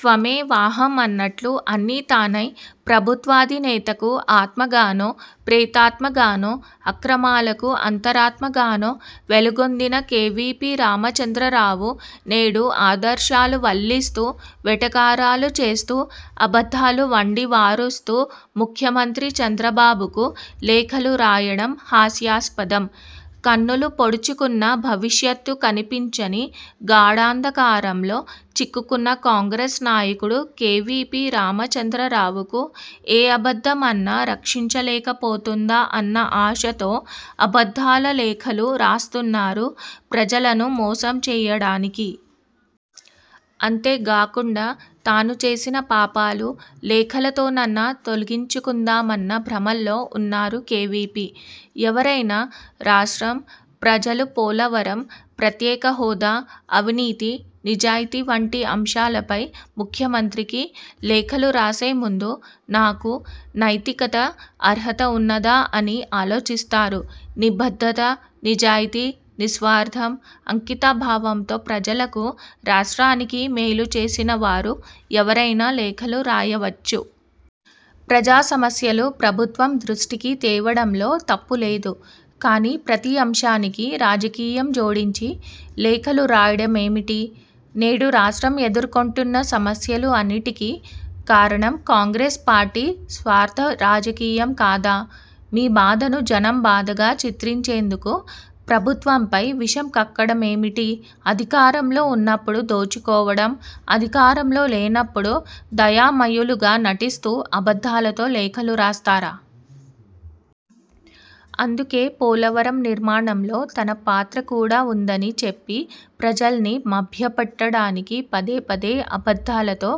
త్వమేవాహం అన్నట్లు అన్నీ తానై ప్రభుత్వాధినేతకు ఆత్మగానో, ప్రేతాత్మగానో, అక్రమాలకు అంతరాత్మగానో వెలుగొందిన కేవీపీ రామచంద్రరావు నేడు ఆదర్శాలు వల్లిస్తూ, వెటకారాలు చేస్తూ, అబద్ధాలు వండివారుస్తూ ముఖ్యమంత్రి చంద్రబాబుకు లేఖలు రాయడం హాస్యాస్పదం. కన్నులు పొడుచుకున్నా భవిష్యత్తు కనిపించని గాఢాంధకారంలో చిక్కుకున్న కాంగ్రెస్ నాయకుడు కేవీపీ రామచంద్రరావుకు ఏ అబద్ధం అన్నా రక్షించలేకపోతుందా అన్న ఆశతో అబద్ధాల లేఖలు రాస్తున్నారు ప్రజలను మోసం చేయడానికి. అంతేగాకుండా తానుచేసిన పాపాలు లేఖలతోనన్నా తొలగించుకుందామన్న భ్రమల్లో ఉన్నారు కేవీపీ. ఎవరైనా రాష్ట్రం, ప్రజలు పోలవరం, ప్రత్యేకహోదా, అవినీతి, నిజాయితీ, వంటి అంశాలపై ముఖ్యమంత్రికి లేఖలు రాసేముందు నాకు నైతికత, అర్హత ఉన్నదా అని ఆలోచిస్తారు. నిబద్ధత, నిజాయితీ, నిస్వార్ధం, అంకితభావంతో ప్రజలకు, రాష్ట్రానికి మేలుచేసిన వారు ఎవరైనా లేఖలు రాయవచ్చు. ప్రజాసమస్యలు ప్రభుత్వం దృష్టికి తేవడంలో తప్పులేదు. కానీ ప్రతి అంశానికి రాజకీయం జోడించి లేఖలు రాయడమేమిటి? నేడు రాష్ట్రం ఎదుర్కొంటున్న సమస్యలు అన్నిటికీ కారణం కాంగ్రెస్ పార్టీ స్వార్ధ రాజకీయం కాదా? మీ బాధను జనం బాధగా చిత్రించేందుకు ప్రభుత్వంపై విషం కక్కడం ఏమిటి? అధికారంలో ఉన్నప్పుడు దోచుకోవడం, అధికారంలో లేనప్పుడు దయామయులుగా నటిస్తూ అబద్ధాలతో లేఖలు రాస్తారా? అందుకే పోలవరం నిర్మాణంలో తన పాత్ర కూడా ఉందని చెప్పి ప్రజల్ని మభ్యపెట్టడానికి పదే పదే అబద్ధాలతో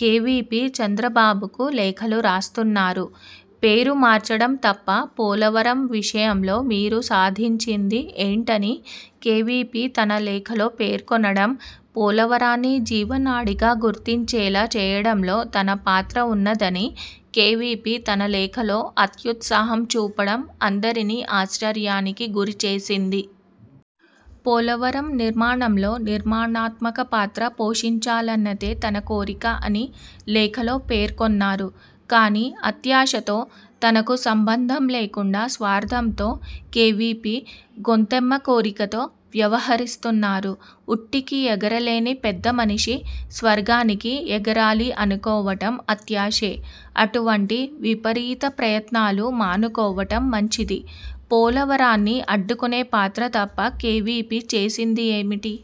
కేవీపీ చంద్రబాబుకు లేఖలు రాస్తున్నారు. పేరు మార్చడం తప్ప పోలవరం విషయంలో మీరు సాధించింది ఏంటని కేవీపీ తన లేఖలో పేర్కొనడం, పోలవరాన్ని జీవనాడిగా గుర్తించేలా చేయడంలో తన పాత్ర ఉన్నదని కేవీపీ తన లేఖలో అత్యుత్సాహం చూపడం అందరినీ ఆశ్చర్యానికి గురిచేసింది. పోలవరం నిర్మాణంలో నిర్మాణాత్మక పాత్ర పోషించాలన్నదే తన కోరిక అని లేఖలో పేర్కొన్నారు. కానీ అత్యాశతో తనకు సంబంధం లేకుండా స్వార్ధంతో కేవీపీ గొంతెమ్మ కోరికతో వ్యవహరిస్తున్నారు. ఉట్టికి ఎగరలేని పెద్దమనిషి స్వర్గానికి ఎగరాలి అనుకోవటం అత్యాశే. అటువంటి విపరీత ప్రయత్నాలు మానుకోవటం మంచిది. పోలవరాన్ని అడ్డుకునే పాత్ర తప్పా కేవీపీ చేసింది ఏమిటి?